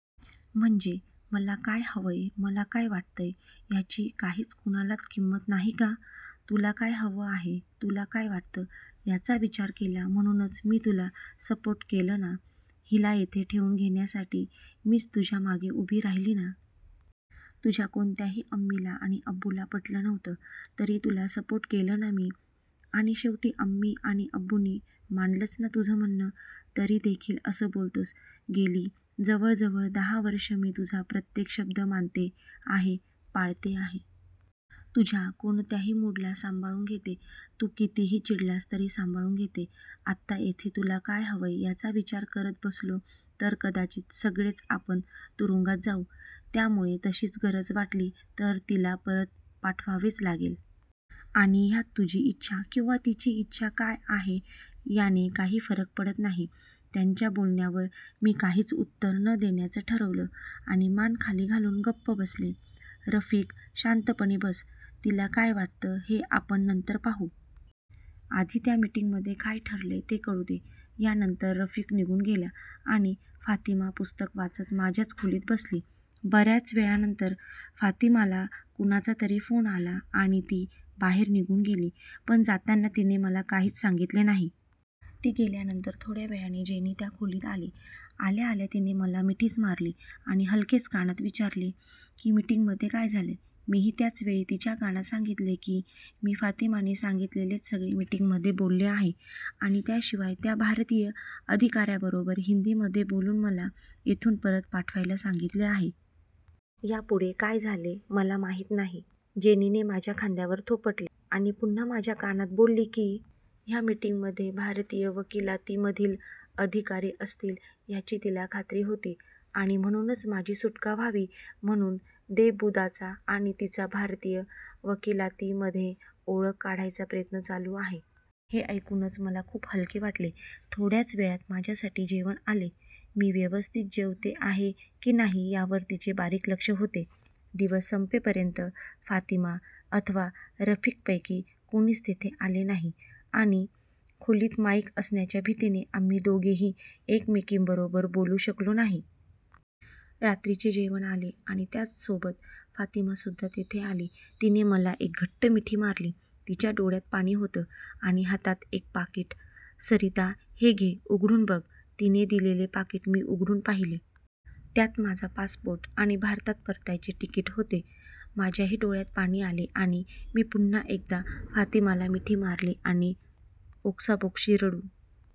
म्हणजे मला काय हवंय मला काय वाटतंय ह्याची काहीच कोणालाच किंमत नाही का? तुला काय हवं आहे तुला काय वाटतं ह्याचा विचार केला म्हणूनच मी तुला सपोर्ट केलं ना? हिला इथे ठेवून घेण्यासाठी मीच तुझ्यामागे उभी राहिले ना? तुझ्या कोणत्याही अम्मीला आणि अब्बूंना पटलं नव्हतं तरी तुला सपोर्ट केलं ना मी. आणि शेवटी अम्मी आणि अब्बूंनी मानलंच ना तुझं म्हणणं. तरीदेखील असं बोलतोस? गेली जवळ जवळ दहा वर्षं मी तुझा प्रत्येक शब्द मानते आहे पाळते आहे. तुझ्या कोणत्याही मूडला सांभाळून घेते. तू कितीही चिडलास तरी सांभाळून घेते. आत्ता इथे तुला काय हवंय ह्याचा विचार करत बसलो तर कदाचित सगळेच आपण तुरुंगात जाऊ. त्यामुळे तशीच गरज वाटली तर तिला परत पाठवावेच लागेल. आणि ह्यात तुझी इच्छा किंवा तिची इच्छा काय आहे ह्याने काही फरक पडत नाही. त्याच्या बोलण्यावर मी काहीच उत्तर न देण्याचं ठरवलं आणि मान खाली घालून गप्प बसले. रफिक शांतपणे बस. तिला काय वाटतं हे आपण नंतर पाहू. आधी त्या मिटिंगमधे काय ठरलंय ते कळू दे. ह्यानंतर रफिक निघून गेला आणि फातिमा पुस्तक वाचत माझ्याच खोलीत बसली. बऱ्याच वेळानंतर फातिमाला कोणाचा तरी फोन आला आणि ती बाहेर निघून गेली. पण जाताना तिने मला काहीच सांगितले नाही. ती गेल्यानंतर थोड्या वेळाने जेनी त्या खोलीत आली. आल्या आल्या तिने मला मिठीच मारली. आणि हलकेच कानात विचारलं की मिटिंगमध्ये काय झालं? मीही त्याच वेळी तिच्या कानात सांगितले की मी फातिमाने सांगितलेलेच सगळे मिटिंगमध्ये बोलले आहे आणि त्याशिवाय त्या भारतीय अधिकाऱ्याबरोबर हिंदीमध्ये बोलून मला इथून परत पाठवायला सांगितले आहे. ह्यापुढे काय झाले मला माहीत नाही. जेनीने माझ्या खांद्यावर थोपटले आणि पुन्हा माझ्या कानात बोलली की ह्या मिटिंगमध्ये भारतीय वकिलातीमधील अधिकारी असतील ह्याची तिला खात्री होती आणि म्हणूनच माझी सुटका व्हावी म्हणून देबूदाचा आणि तिचा भारतीय वकिलातीमध्ये ओळख काढायचा प्रयत्न चालू आहे. हे ऐकूनच मला खूप हलके वाटले. थोड्याच वेळात माझ्यासाठी जेवण आले. मी व्यवस्थित जेवते आहे की नाही ह्यावर तिचे बारीक लक्ष होते. दिवस संपेपर्यंत फातिमा अथवा रफिकपैकी कोणीच तिथे आले नाही. आणि खोलीत माईक असण्याच्या भीतीने आम्ही दोघीही एकमेकींबरोबर बोलू शकलो नाही. रात्रीचे जेवण आले आणि त्याचसोबत फातिमासुद्धा तिथे आली. तिने मला एक घट्ट मिठी मारली. तिच्या डोळ्यात पाणी होतं. आणि हातात एक पाकीट. सरीता, हे घे. उघडून बघ. तिने दिलेले पाकीट मी उघडून पाहिले. त्यात माझा पासपोर्ट आणि भारतात परतायचे तिकीट होते. माझ्याही डोळ्यात पाणी आले आणि मी पुन्हा एकदा फातिमाला मिठी मारली आणि ओक्साबोक्शी रडू